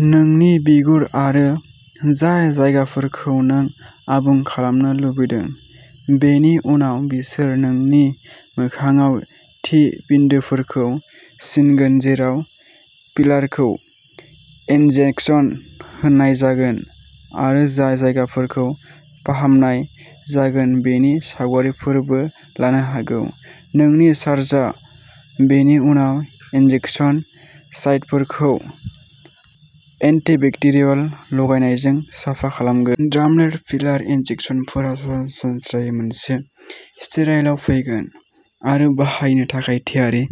नोंनि बिगुर आरो जाय जायगाफोरखौ नों आबुं खालामनो लुबैदों। बेनि उनाव बिसोर नोंनि मोखांआव थि बिन्दोफोरखौ सिनगोन जेराव फिलारखौ इनजेकसन होनाय जागोन आरो जाय जायगाफोरखौ फाहामनाय जागोन बेनि सावगारिफोरबो लानो हागौ। नोंनि सार्जनआ बेनि उनाव इनजेकसन साइटफोरखौ एन्टिबेक्टेरियल गलायनायजों साफा खालामगोन। डार्मेल फिलार इनजेकसनफोरा सरासनस्रायै मोनसे स्टेराइलआव फैगोन आरो बाहायनो थाखाय थियारि।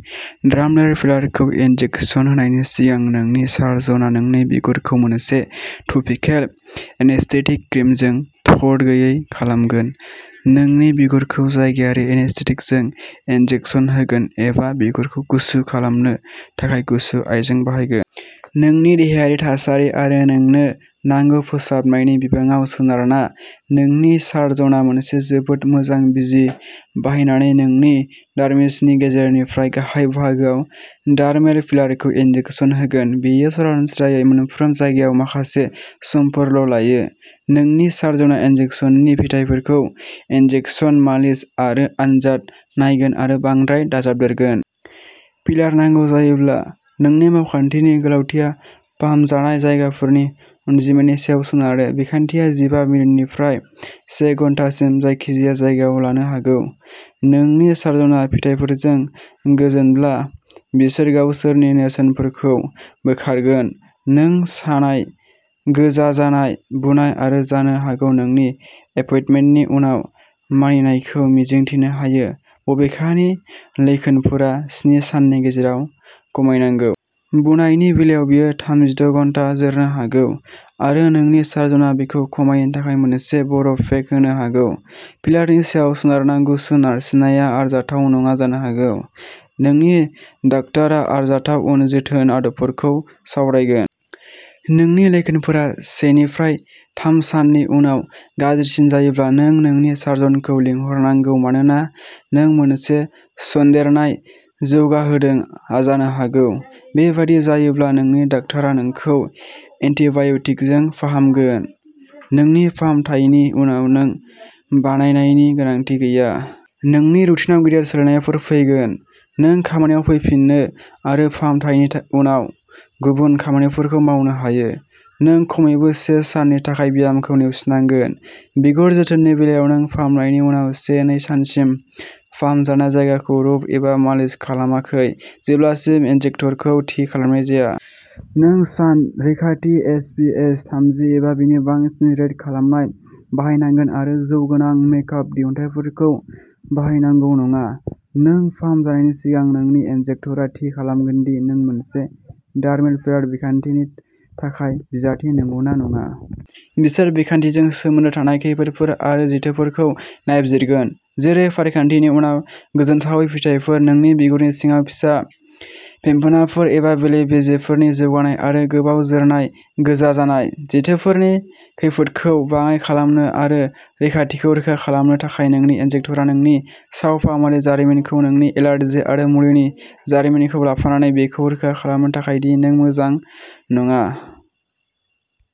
डार्मेल फिलारखौ इनजेकसन होनायनि सिगां, नोंनि सार्जनआ नोंनि बिगुरखौ मोनसे टपिकेल एनेस्थेटिक क्रिमजों थरगैयै खालामगोन। नोंनि बिगुरखौ जायगायारि एनेस्थेटिकजों इनजेकसन होगोन एबा बिगुरखौ गुसु खालामनो थाखाय गुसु आइजें बाहायगोन। नोंनि देहायारि थासारि आरो नोंनो नांगौ फोसाबनायनि बिबाङाव सोनारना, नोंनि सार्जनआ मोनसे जोबोद मोजां बिजि बाहायनानै नोंनि डार्मिसनि गेजेरनिफ्राय गाहाय बाहागोआव डार्मेल फिलारखौ इनजेकसन होगोन। बेयो सरासनस्रायै मोनफ्रोम जायगायाव माखासे समफोरल'लायो। नोंनि सार्जनआ इनजेकसननि फिथायफोरखौ इनजेकसन, मालिस आरो आनजाद नायगोन आरो बांद्राय दाजाबदेरगोन। फिलार नांगौ जायोब्ला। नोंनि मावखान्थिनि गोलावथिया फाहामजानाय जायगाफोरनि अनजिमानि सायाव सोनारो। बिखान्थिया जिबा मिनिटनिफ्राय से घन्टासिम जायखिजाया जायगायाव लानो हागौ। नोंनि सार्जनआ फिथायफोरजों गोजोनब्ला, बिसोर गावसोरनि नेरसोनफोरखौ बोखारगोन। नों सानाय, गोजा जानाय, बुनाय आरो जानो हागौ नोंनि एपइन्टमेन्टनि उनाव मानिनायखौ मिजिंथिनो हायो बबेखानि लैखोनफोरा स्नि साननि गेजेराव खमायनांगौ। बुनायनि बेलायाव बेयो थाम जिद' घन्टा जोरनो हागौ आरो नोंनि सार्जनआ बेखौ खमायनो थाखाय मोनसे बरफ पेक होनो हागौ। फिलारनि सायाव सोनारना गुसु नारसिननाया आरजाथाव नङा जानो हागौ। नोंनि डाक्टारआ आरजाथाव उन जोथोन आदबफोरखौ सावरायगोन। नोंनि लैखोनफोरा से निफ्राय थाम साननि उनाव गाज्रिसिन जायोब्ला नों नोंनि सार्जनखौ लिंहरनांगौ मानोना नों मोनसे सन्देरनाय जौगाहोदों जानो हागौ। बेबादि जायोब्ला नोंनि डाक्टारआ नोंखौ एन्टिबाय'टिकजों फाहामगोन। नोंनि फाहामथायनि उनाव नों बानायनायनि गोनांथि गैया। नोंनि रुटिनआव गेदेर सोलायनायफोर फैगोन। नों खामानियाव फैफिनो आरो फाहामथायनि उनाव गुबुन खामानिफोरखौ मावनो हायो। नों खमैबो से साननि थाखाय ब्यामखौ नेवसिनांगोन। बिगुर जोथोननि बेलायाव नों फाहामनायनि उनाव से-नै सानसिम फाहामजानाय जायगाखौ रुब एबा मालिस खालामाखै जेब्लासिम इन्जेक्टरजों थि खालामनाय जाया। नों सान रैखाथि एस. पि. एफ. थामजि एबा बेनि बांसिन रेट खालामनाय बाहायनांगोन आरो जौ गोनां मेकआप दिहुनथायफोरखौ बाहायनांगौ नङा। नों फाहामजानायनि सिगां नोंनि इन्जेक्टरआ थि खालामगोन दि नों मोनसे डार्मेल फिलार बिखान्थिनि थाखाय बिजाथि नंगौना नङा। बिसोर बिखान्थिजों सोमोन्दो थानाय खैफोदफोर आरो जेथोफोरखौ नायबिजिरगोन। जेरै फारिखान्थिनि उनाव गोजोनथावै फिथायफोर नोंनि बिगुरनि सिङाव फिसा फेंफोनाफोर एबा बेले-बेजेफोरनि जौगानाय आरो गोबाव जोरनाय गोजा जानाय। जेथोफोरनि खैफोदखौ बाङाइ खालामनो आरो रैखाथिखौ रोखा खालामनो थाखाय नोंनि इन्जेक्टरआ नोंनि सावफाहामारि जारिमिनखौ नोंनि एलार्जि आरो मुलिनि जारिमिनखौ लाफानानै, बेखौ रोखा खालामनो थाखाय दि नों मोजां नङा।